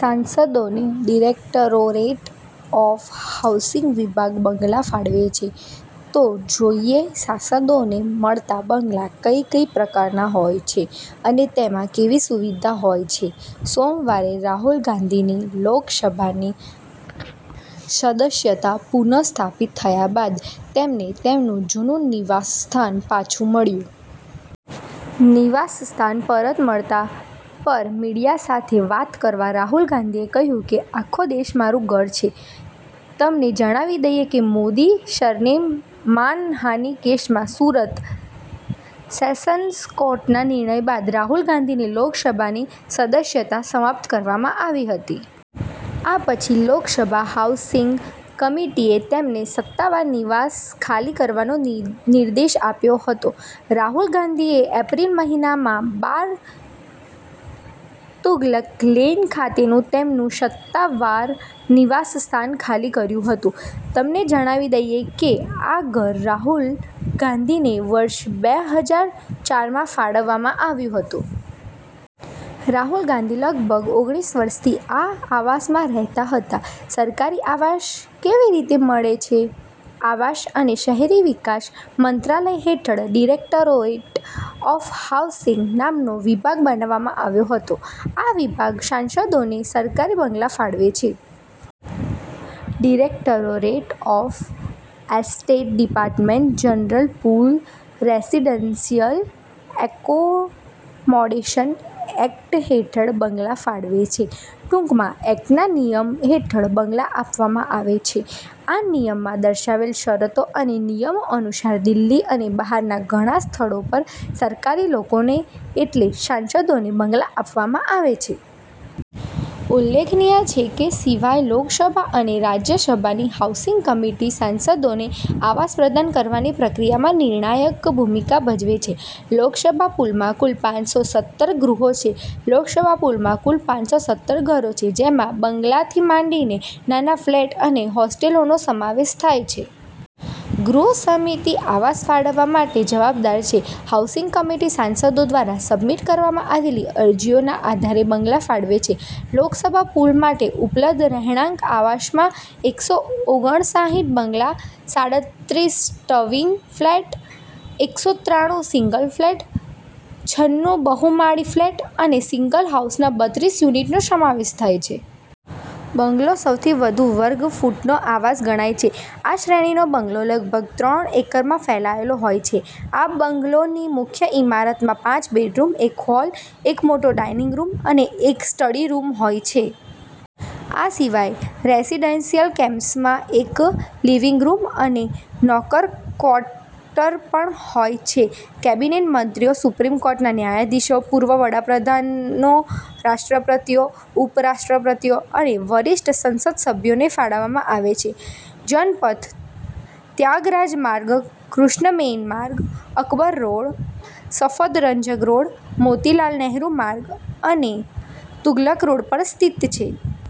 સાંસદોને directorate of housing વિભાગ બંગલા ફાળવે છે, તો જોઈએ સાંસદોને મળતા બંગલા કઈ કઈ પ્રકારના હોય છે, અને તેમાં કેવી સુવિધા હોય છે. સોમવારે રાહુલ ગાંધીની લોકસભાની સદસ્યતા પુનઃસ્થાપિત થયા બાદ, તેમને તેમનું જૂનું નિવાસસ્થાન પાછું મળ્યું. નિવાસસ્થાન પરત મળવા પર મીડિયા સાથે વાત કરતા રાહુલ ગાંધીએ કહ્યું કે, આખો દેશ મારું ઘર છે. તમને જણાવી દઈએ કે, મોદી સરનેમ માનહાનિ કેસમાં સુરત સેશન્સ કોર્ટના નિર્ણય બાદ રાહુલ ગાંધીની લોકસભાની સદસ્યતા સમાપ્ત કરવામાં આવી હતી. આ પછી લોકસભા હાઉસિંગ કમિટીએ તેમને સત્તાવાર નિવાસ ખાલી કરવાનો નિર્દેશ આપ્યો હતો. રાહુલ ગાંધીએ એપ્રિલ મહિનામાં બાર તુગલક લેન ખાતેનું તેમનું સત્તાવાર નિવાસસ્થાન ખાલી કર્યું હતું. તમને જણાવી દઈએ કે, આ ઘર રાહુલ ગાંધીને વર્ષ બે હજાર ચારમાં ફાળવવામાં આવ્યું હતું. રાહુલ ગાંધી લગભગ ઓગણીષ વર્ષથી આ આવાસમાં રહેતા હતા. સરકારી આવાસ કેવી રીતે મળે છે? આવાસ અને શહેરી વિકાસ મંત્રાલય હેઠળ ડિરેક્ટોરેટ ઓફ હાઉસિંગ નામનો વિભાગ બનાવવામાં આવ્યો હતો. આ વિભાગ સાંસદોને સરકારી બંગલા ફાળવે છે. Directorate of estate department general pool residential accommodation act હેઠળ બંગલા ફાળવે છે, ટૂંકમાં એક્ટના નિયમ હેઠળ બંગલા આપવામાં આવે છે. આ નિયમમાં દર્શાવેલ શરતો અને નિયમો અનુસાર દિલ્હી અને બહારના ઘણા સ્થળો પર સરકારી લોકોને એટલે સાંસદોને બંગલા આપવામાં આવે છે. ઉલ્લેખનીય છે કે, સિવાય, લોકસભા અને રાજ્યસભાની હાઉસિંગ કમિટી સાંસદોને આવાસ પ્રદાન કરવાની પ્રક્રિયામાં નિર્ણાયક ભૂમિકા ભજવે છે. લોકસભા પૂલમાં કુલ પાંચસો સત્તર ગૃહો છે, લોકસભા પૂલમાં કુલ પાંચસો સત્તર ઘરો છે, જેમાં બંગલાથી માંડીને નાના ફ્લેટ અને હોસ્ટેલનો સમાવેશ થાય છે. ગૃહ સમિતિ આવાસ ફાળવવા માટે જવાબદાર છે. હાઉસ કમિટી સાંસદો દ્વારા સબમિટ કરવામાં આવેલી અરજીઓના આધારે બંગલા ફાળવે છે. લોકસભા પૂલ માટે ઉપલબ્ધ રહેણાંક આવાસમાં એકસો ઓગણસાહિઠ બંગલા, સાળતરીસ ટ્વીન ફ્લેટ, એકસો ત્રાણુ સિંગલ ફ્લેટ, છન્નું બહુમાળી ફ્લેટ અને સિંગલ હાઉસના બત્રીસ યુનિટનો સમાવેશ થાય છે. બંગલો સૌથી વધુ વર્ગ ફૂટનો આવાસ ગણાય છે. આ શ્રેણીનો બંગલો લગભગ ત્રણ એકરમાં ફેલાયેલો હોય છે. આ બંગલોની મુખ્ય ઇમારતમાં પાંચ બેડરૂમ, એક હોલ, એક મોટો ડાઇનિંગ રૂમ અને એક સ્ટડી રૂમ હોય છે. આ સિવાય રેસિડેન્શિયલ કેમ્પસમાં એક લિવિંગ રૂમ અને નોકર ક્વાર્ટર પણ હોય છે. કેબિનેટ મંત્રીઓ, સુપ્રીમ કોર્ટના ન્યાયાધીશો, પૂર્વ વડા પ્રધાનો રાષ્ટ્રપતિઓ/ઉપ-રાષ્ટ્રપતિઓ અને વરિષ્ઠ સંસદસભ્યોને ફાળવવામાં આવે છે. જનપથ ત્યાગરાજ માર્ગ, કૃષ્ણ મેન માર્ગ, અકબર રોડ, સફદરજંગ રોડ, મોતીલાલ નહેરુ માર્ગ અને તુગલક રોડ પર સ્થિત છે.